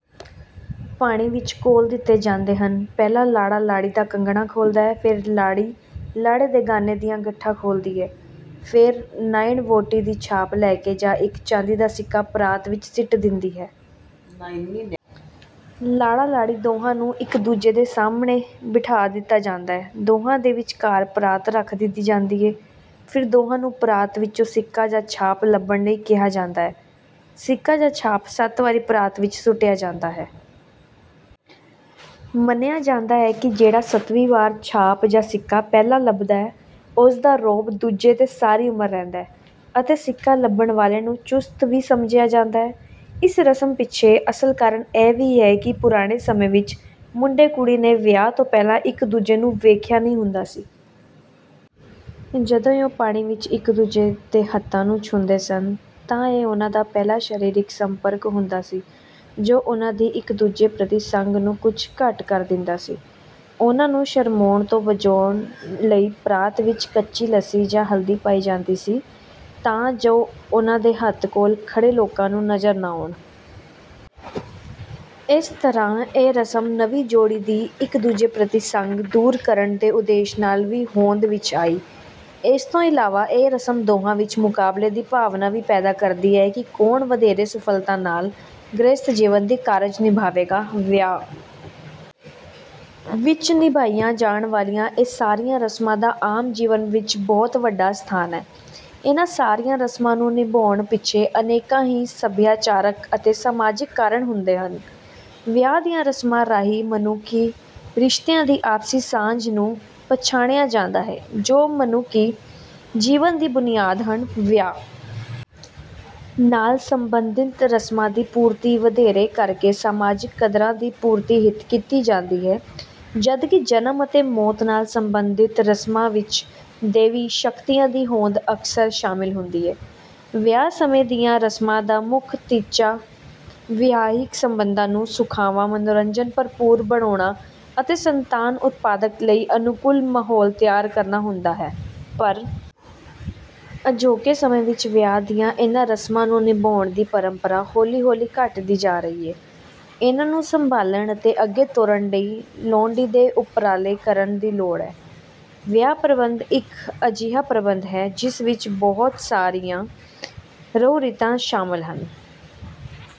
ਪਾਣੀ ਵਿੱਚ ਘੋਲ ਦਿੱਤੇ ਜਾਂਦੇ ਹਨ। ਪਹਿਲਾਂ ਲਾੜਾ-ਲਾੜੀ ਦਾ ਕੰਗਣਾ ਖੋਲ੍ਹਦਾ ਹੈ, ਫਿਰ ਲਾੜੀ ਲਾੜੇ ਦੇ ਗਾਨੇ ਦੀਆਂ ਗੰਢਾਂ ਖੋਲ੍ਹਦੀ ਹੈ। ਫਿਰ ਨਾਇਣ ਵਹੁਟੀ ਦੀ ਛਾਪ ਲੈ ਕੇ ਜਾਂ ਇੱਕ ਚਾਂਦੀ ਦਾ ਸਿੱਕਾ ਪਰਾਤ ਵਿੱਚ ਸੁੱਟ ਦਿੰਦੀ ਹੈ। ਲਾੜਾ-ਲਾੜੀ ਦੋਹਾਂ ਨੂੰ ਇੱਕ-ਦੂਜੇ ਦੇ ਸਾਹਮਣੇ ਬਿਠਾ ਦਿੱਤਾ ਜਾਂਦਾ ਹੈ। ਦੋਹਾਂ ਦੇ ਵਿਚਕਾਰ ਪਰਾਤ ਰੱਖ ਦਿੱਤੀ ਜਾਂਦੀ ਹੈ। ਫਿਰ ਦੋਹਾਂ ਨੂੰ ਪਰਾਤ ਵਿੱਚੋਂ ਸਿੱਕਾ ਜਾਂ ਛਾਪ ਲੱਭਣ ਲਈ ਕਿਹਾ ਜਾਂਦਾ ਹੈ। ਸਿੱਕਾ ਜਾਂ ਛਾਪ ਸੱਤ ਵਾਰੀ ਪਰਾਤ ਵਿੱਚ ਸੁੱਟਿਆ ਜਾਂਦਾ ਹੈ। ਮੰਨਿਆ ਜਾਂਦਾ ਹੈ ਕਿ ਜਿਹੜਾ ਸੱਤਵੀਂ ਵਾਰ ਛਾਪ ਜਾਂ ਸਿੱਕਾ ਪਹਿਲਾਂ ਲੱਭਦਾ ਹੈ, ਉਸ ਦਾ ਰੋਹਬ ਦੂਜੇ ’ਤੇ ਸਾਰੀ ਉਮਰ ਰਹਿੰਦਾ ਹੈ ਅਤੇ ਸਿੱਕਾ ਲੱਭਣ ਵਾਲੇ ਨੂੰ ਚੁਸਤ ਵੀ ਸਮਝਿਆ ਜਾਂਦਾ ਹੈ। ਇਸ ਰਸਮ ਪਿੱਛੇ ਅਸਲ ਕਾਰਨ ਇਹ ਵੀ ਹੈ ਕਿ ਪੁਰਾਣੇ ਸਮੇਂ ਵਿੱਚ ਮੁੰਡੇ-ਕੁੜੀ ਨੇ ਵਿਆਹ ਤੋਂ ਪਹਿਲਾਂ ਇੱਕ-ਦੂਜੇ ਨੂੰ ਵੇਖਿਆ ਨਹੀਂ ਹੁੰਦਾ ਸੀ। ਜਦੋਂ ਉਹ ਪਾਣੀ ਵਿੱਚ ਇੱਕ-ਦੂਜੇ ਦੇ ਹੱਥਾਂ ਨੂੰ ਛੂਹਦੇ ਸਨ, ਤਾਂ ਇਹ ਉਹਨਾਂ ਦਾ ਪਹਿਲਾ ਸਰੀਰਕ ਸੰਪਰਕ ਹੁੰਦਾ ਸੀ, ਜੋ ਉਹਨਾਂ ਦੀ ਇੱਕ-ਦੂਜੇ ਪ੍ਰਤੀ ਸੰਗ ਨੂੰ ਕੁਝ ਘੱਟ ਕਰ ਦਿੰਦਾ ਸੀ। ਉਹਨਾਂ ਨੂੰ ਸ਼ਰਮਾਉਣ ਤੋਂ ਬਚਾਉਣ ਲਈ ਪਰਾਤ ਵਿੱਚ ਕੱਚੀ ਲੱਸੀ ਜਾਂ ਹਲਦੀ ਪਾਈ ਜਾਂਦੀ ਸੀ, ਤਾਂ ਜੋ ਉਹਨਾਂ ਦੇ ਹੱਥ ਕੋਲ ਖੜ੍ਹੇ ਲੋਕਾਂ ਨੂੰ ਨਜ਼ਰ ਨਾ ਆਉਣ। ਇਸ ਤਰ੍ਹਾਂ ਇਹ ਰਸਮ ਨਵੀਂ ਜੋੜੀ ਦੀ ਇੱਕ-ਦੂਜੇ ਪ੍ਰਤੀ ਸੰਗ ਦੂਰ ਕਰਨ ਦੇ ਉਦੇਸ਼ ਨਾਲ ਵੀ ਹੋਂਦ ਵਿੱਚ ਆਈ। ਇਸ ਤੋਂ ਇਲਾਵਾ, ਇਹ ਰਸਮ ਦੋਹਾਂ ਵਿੱਚ ਮੁਕਾਬਲੇ ਦੀ ਭਾਵਨਾ ਵੀ ਪੈਦਾ ਕਰਦੀ ਹੈ ਕਿ ਕੌਣ ਵਧੇਰੇ ਸਫ਼ਲਤਾ ਨਾਲ ਗ੍ਰਹਿਸਥ ਜੀਵਨ ਦੇ ਕਾਰਜ ਨਿਭਾਏਗਾ। ਵਿਆਹ ਵਿੱਚ ਨਿਭਾਈਆਂ ਜਾਣ ਵਾਲੀਆਂ ਇਹ ਸਾਰੀਆਂ ਰਸਮਾਂ ਦਾ ਆਮ ਜੀਵਨ ਵਿੱਚ ਬਹੁਤ ਵੱਡਾ ਸਥਾਨ ਹੈ। ਇਹਨਾਂ ਸਾਰੀਆਂ ਰਸਮਾਂ ਨੂੰ ਨਿਭਾਉਣ ਪਿੱਛੇ ਅਨੇਕਾਂ ਹੀ ਸੱਭਿਆਚਾਰਕ ਅਤੇ ਸਮਾਜਿਕ ਕਾਰਨ ਹੁੰਦੇ ਹਨ। ਵਿਆਹ ਦੀਆਂ ਰਸਮਾਂ ਰਾਹੀਂ ਮਨੁੱਖੀ ਰਿਸ਼ਤਿਆਂ ਦੀ ਆਪਸੀ ਸਾਂਝ ਨੂੰ ਪਛਾਣਿਆ ਜਾਂਦਾ ਹੈ, ਜੋ ਮਨੁੱਖੀ ਜੀਵਨ ਦੀ ਬੁਨਿਆਦ ਹਨ। ਵਿਆਹ ਨਾਲ ਸੰਬੰਧਿਤ ਰਸਮਾਂ ਦੀ ਪੂਰਤੀ ਵਧੇਰੇ ਕਰਕੇ ਸਮਾਜਿਕ ਕਦਰਾਂ ਦੀ ਪੂਰਤੀ ਹਿੱਤ ਕੀਤੀ ਜਾਂਦੀ ਹੈ, ਜਦਕਿ ਜਨਮ ਅਤੇ ਮੌਤ ਨਾਲ ਸੰਬੰਧਿਤ ਰਸਮਾਂ ਵਿੱਚ ਦੈਵੀ ਸ਼ਕਤੀਆਂ ਦੀ ਹੋਂਦ ਅਕਸਰ ਸ਼ਾਮਲ ਹੁੰਦੀ ਹੈ। ਵਿਆਹ ਸਮੇਂ ਦੀਆਂ ਰਸਮਾਂ ਦਾ ਮੁੱਖ ਟੀਚਾ ਵਿਆਹਿਕ ਸੰਬੰਧਾਂ ਨੂੰ ਸੁਖਾਵਾਂ, ਮਨੋਰੰਜਨ-ਭਰਪੂਰ ਬਣਾਉਣਾ ਅਤੇ ਸੰਤਾਨ ਉਤਪਾਦਨ ਲਈ ਅਨੁਕੂਲ ਮਾਹੌਲ ਤਿਆਰ ਕਰਨਾ ਹੁੰਦਾ ਹੈ। ਪਰ ਅਜੋਕੇ ਸਮੇਂ ਵਿੱਚ ਵਿਆਹ ਦੀਆਂ ਇਹਨਾਂ ਰਸਮਾਂ ਨੂੰ ਨਿਭਾਉਣ ਦੀ ਪਰੰਪਰਾ ਹੌਲੀ-ਹੌਲੀ ਘੱਟਦੀ ਜਾ ਰਹੀ ਹੈ। ਇਹਨਾਂ ਨੂੰ ਸੰਭਾਲਣ ਅਤੇ ਅੱਗੇ ਤੋਰਨ ਲਈ ਲੋੜੀਂਦੇ ਉਪਰਾਲੇ ਕਰਨ ਦੀ ਲੋੜ ਹੈ। ਵਿਆਹ ਪ੍ਰਬੰਧ ਇੱਕ ਅਜਿਹਾ ਪ੍ਰਬੰਧ ਹੈ, ਜਿਸ ਵਿੱਚ ਬਹੁਤ ਸਾਰੀਆਂ ਰਹੁ-ਰੀਤਾਂ ਸ਼ਾਮਲ ਹਨ।